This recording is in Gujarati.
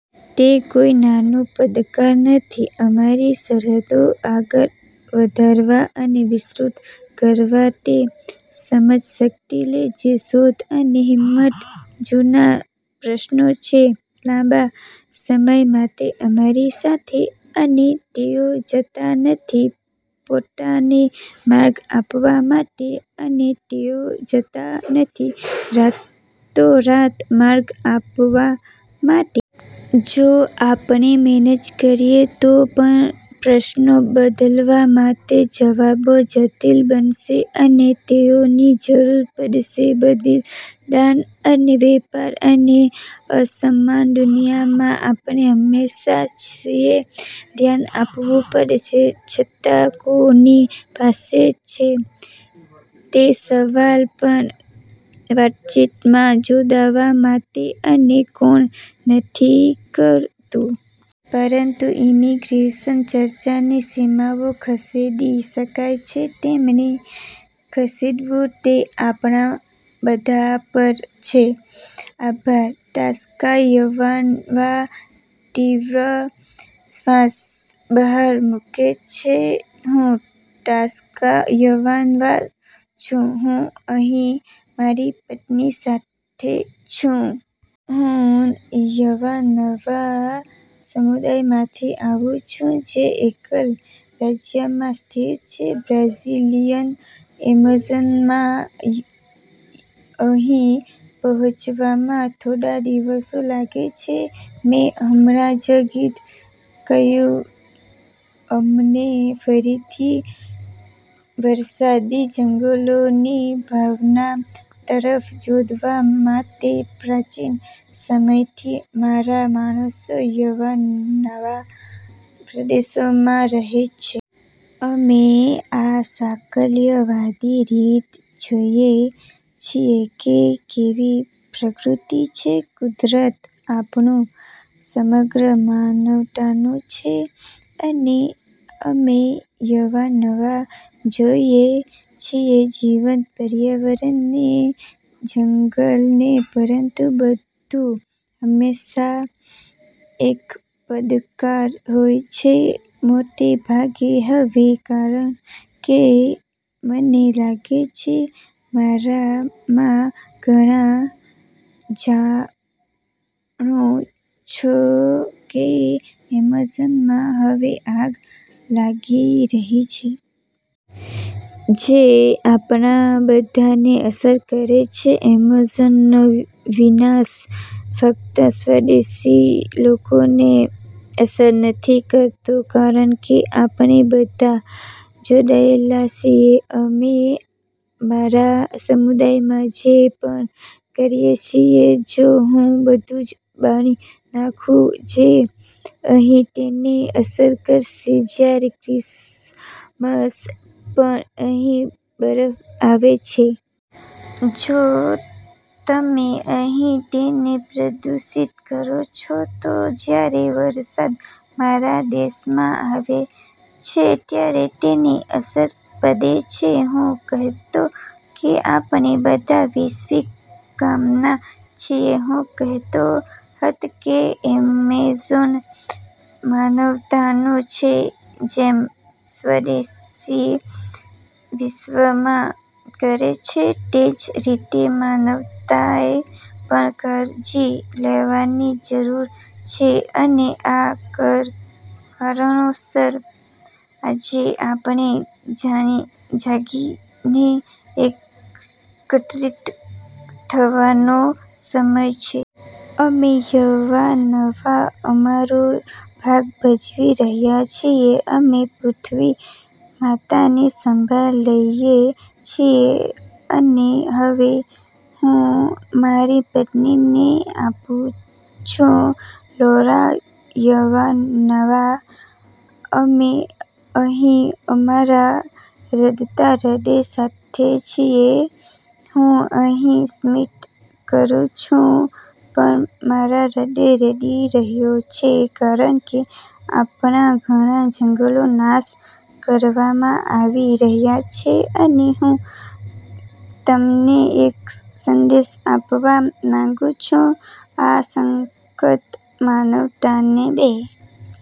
તે કોઈ નાનું પડકાર નથી અમારી સરહદોને આગળ વધારવા અને વિસ્તૃત કરવા. તે સમજશક્તિ લેશે, શોધ અને હિંમત. જૂના પ્રશ્નો છે લાંબા સમય માટે અમારી સાથે, અને તેઓ જતા નથી પોતાને માર્ગ આપવા માટે, અને તેઓ જતા નથી રાતોરાત માર્ગ આપવા માટે. જો આપણે મેનેજ કરીએ તો પણ પ્રશ્નો બદલવા માટે, જવાબો જટિલ બનશે, અને તેઓની જરૂર પડશે બલિદાન અને વેપાર. અને અસમાન દુનિયામાં, આપણે હંમેશાં છીએ ધ્યાન આપવું પડશે સત્તા કોની પાસે છે તે સવાલ પર વાતચીતમાં જોડાવા માટે અને કોણ નથી કરતું. પરંતુ ઇમિગ્રેશન ચર્ચાની સીમાઓ ખસેડી શકાય છે. તેમને ખસેડવું તે આપણા બધા પર છે. આભાર.. તાશ્કા યવાનવા તીવ્ર શ્વાસ બહાર મૂકે છે. હું તાશ્કા યવાનવા છું. હું અહીં મારી પત્ની સાથે છું. હું યવાનવા સમુદાય માંથી આવું છું, જે એકર રાજ્યમાં સ્થિત છે બ્રાઝીલીયન એમેઝોનમાં. અહીં પહોંચવામાં થોડા દિવસો લાગે છે. મેં હમણાં જ ગીત કર્યું અમને ફરીથી વરસાદી જંગલોની ભાવના તરફ જોડવા માટે પ્રાચીન સમયથી મારા માણસો યવાનાવા પ્રદેશમાં રહે છે. અમે આ સાકલ્યવાદી રીત જોઈએ છીએ કે કેવી પ્રકૃતિ છે. કુદરત, આપણુું સમગ્ર માનવતાનું છે અને અમે યવાનવા જોઈએ છીએ જીવંત પર્યાવરણને, જંગલને પરંતુ બધું હંમેશાં એક પડકાર હોય છે. મોટે ભાગે હવે કારણ કે મને લાગે છે તમારા માં ઘણા જાણો છો કે એમેઝોનમાં હવે આગ લાગી રહી છે. જે આપણા બધાને અસર કરે છે. એમેઝોનનો વિનાશ ફક્ત સ્વદેશી લોકોને અસર નથી કરતો, કારણ કે આપણે બધા જોડાયેલા છીએ. અમે મારા સમુદાયમાં જે પણ કરીએ છીએ, જો હું બધુ જ બાળી નાખું, જે અહીં તેને અસર કરશે, જ્યારે ક્રિસમસ પર અહીં બરફ આવે છે. જો તમે અહીં તેને પ્રદૂષિત કરો છો, તો જ્યારે વરસાદ મારા દેશમાં આવે છે, ત્યારે તેની અસર પડે છે. હું કહેતો કે આપણે બધા વૈશ્વિક ગામનાં છીએ. હું કહેતો હત, કે એમેઝોન માનવતાનું છે, જેમ સ્વદેશી વિશ્વમાં કરે છે તે જ રીતે માનવતાએ પણ કાળજી લેવાની જરૂર છે અને આ કારણોસર આજે આપણે જાગીને, એકત્રિત થવાનો સમય છે. અમે યવાનવા અમારું ભાગ ભજવી રહ્યા છીએ. અમે પૃથ્વી માત ની સંભાળ લઈએ છીએ. અને હવે, હું મારી પત્નીને આપું છું. લૌરા યવાનાવા: અમે અહીં અમારા રડતાં હૃદય સાથે છીએ. હું અહીં સ્મિત કરું છું, પણ મારું હૃદય રડી રહ્યો છે, કારણ કે આપણા ઘણા જંગલો નાશ કરવામાં આવી રહ્યા છે અને હું તમને એક સંદેશ આપવા માંગું છું. આ સંકટ માનવતાને બે